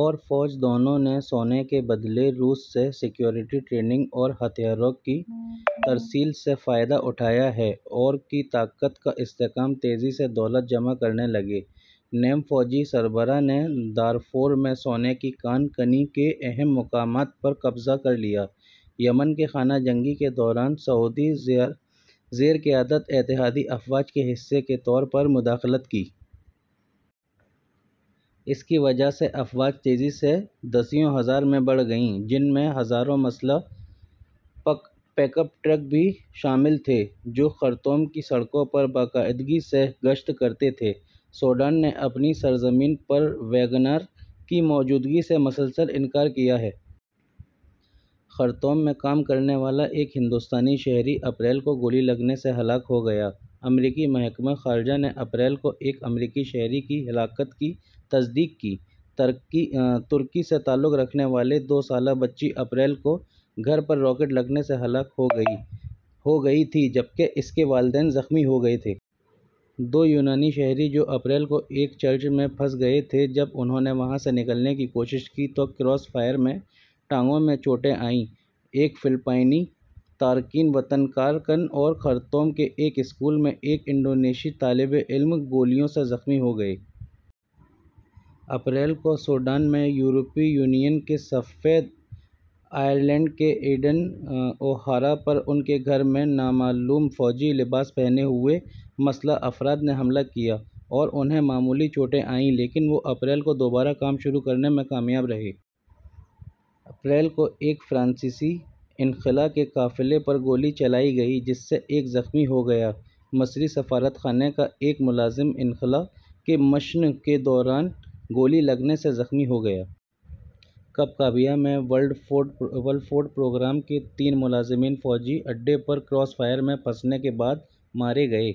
اور فوج دونوں نے سونے کے بدلے روس سے سیکورٹی ٹریننگ اور ہتھیاروں کی ترسیل سے فائدہ اٹھایا ہے۔ اور کی طاقت کا استحکام تیزی سے دولت جمع کرنے لگے، نیم فوجی سربراہ نے دارفور میں سونے کی کان کنی کے اہم مقامات پر قبضہ کر لیا، یمن کی خانہ جنگی کے دوران سعودی زیرقیادت اتحادی افواج کے حصے کے طور پر مداخلت کی۔ اس کی وجہ سے افواج تیزی سے دسیوں ہزار میں بڑھ گئیں، جن میں ہزاروں مسلح پک اپ ٹرک بھی شامل تھے، جو خرطوم کی سڑکوں پر باقاعدگی سے گشت کرتے تھے۔ سوڈان نے اپنی سرزمین پر ویگنر کی موجودگی سے مسلسل انکار کیا ہے۔ ۔ خرطوم میں کام کرنے والا ایک ہندوستانی شہری اپریل کو گولی لگنے سے ہلاک ہو گیا۔ امریکی محکمہ خارجہ نے اپریل کو ایک امریکی شہری کی ہلاکت کی تصدیق کی۔ ترکی سے تعلق رکھنے والی دو سالہ بچی اپریل کو گھر پر راکٹ لگنے سے ہلاک ہو گئی تھی جبکہ اس کے والدین زخمی ہو گئے تھے۔ دو یونانی شہری جو اپریل کو ایک چرچ میں پھنس گئے تھے جب انھوں نے وہاں سے نکلنے کی کوشش کی تو کراس فائر میں ٹانگوں میں چوٹیں آئیں۔ ایک فلپائنی تارکین وطن کارکن اور خرطوم کے ایک اسکول میں ایک انڈونیشی طالب علم گولیوں سے زخمی ہو گئے۔ اپریل کو، سوڈان میں یورپی یونین کے سفیر، آئرلینڈ کے ایڈن اوہارا پر ان کے گھر میں نامعلوم "فوجی لباس پہنے ہوئے مسلح افراد" نے حملہ کیا اور انھیں معمولی چوٹیں آئیں لیکن وہ اپریل کو دوبارہ کام شروع کرنے میں کامیاب رہے۔ اپریل کو ایک فرانسیسی انخلاء کے قافلے پر گولی چلائی گئی جس سے ایک زخمی ہو گیا۔ مصری سفارت خانے کا ایک ملازم انخلاء کے مشن کے دوران گولی لگنے سے زخمی ہو گیا۔ کبکابیہ میں، ورلڈ فوڈ پروگرام کے تین ملازمین فوجی اڈے پر کراس فائر میں پھنسنے کے بعد مارے گئے۔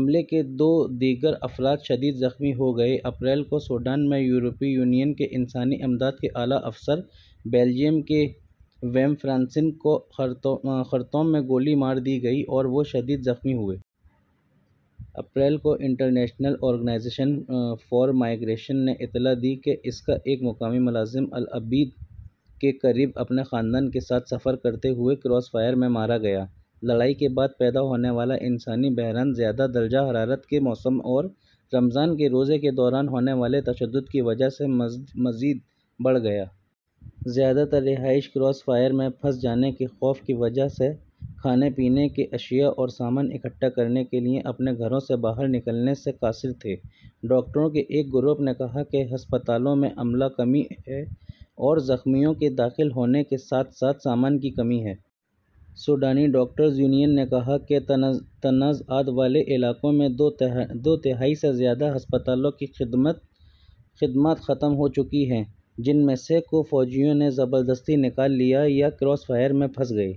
عملے کے دو دیگر افراد شدید زخمی ہو گئے۔ اپریل کو، سوڈان میں یورپی یونین کے انسانی امداد کے اعلیٰ افسر، بیلجیئم کے ویم فرانسن کو خرطوم میں گولی مار دی گئی اور وہ شدید زخمی ہوئے۔ اپریل کو، انٹرنیشنل آرگنائزیشن فار مائیگریشن نے اطلاع دی کہ اس کا ایک مقامی ملازم العبید کے قریب اپنے خاندان کے ساتھ سفر کرتے ہوئے کراس فائر میں مارا گیا۔ لڑائی کے بعد پیدا ہونے والا انسانی بحران زیادہ درجہ حرارت کے موسم اور رمضان کے روزے کے دوران ہونے والے تشدد کی وجہ سے مزید بڑھ گیا۔ زیادہ تر رہائشی کراس فائر میں پھنس جانے کے خوف کی وجہ سے کھانے پینے کی اشیاء اور سامان اکٹھا کرنے کے لیے اپنے گھروں سے باہر نکلنے سے قاصر تھے۔ ڈاکٹروں کے ایک گروپ نے کہا کہ ہسپتالوں میں عملہ کمی ہے اور زخمیوں کے داخل ہونے کے ساتھ ساتھ سامان کی کمی ہے۔ سوڈانی ڈاکٹرز یونین نے کہا کہ تنازعات والے علاقوں میں دو تہائی سے زیادہ ہسپتالوں کی خدمات ختم ہو چکی ہیں جن میں سے کو فوجیوں نے زبردستی نکال لیا یا کراس فائر میں پھنس گئے۔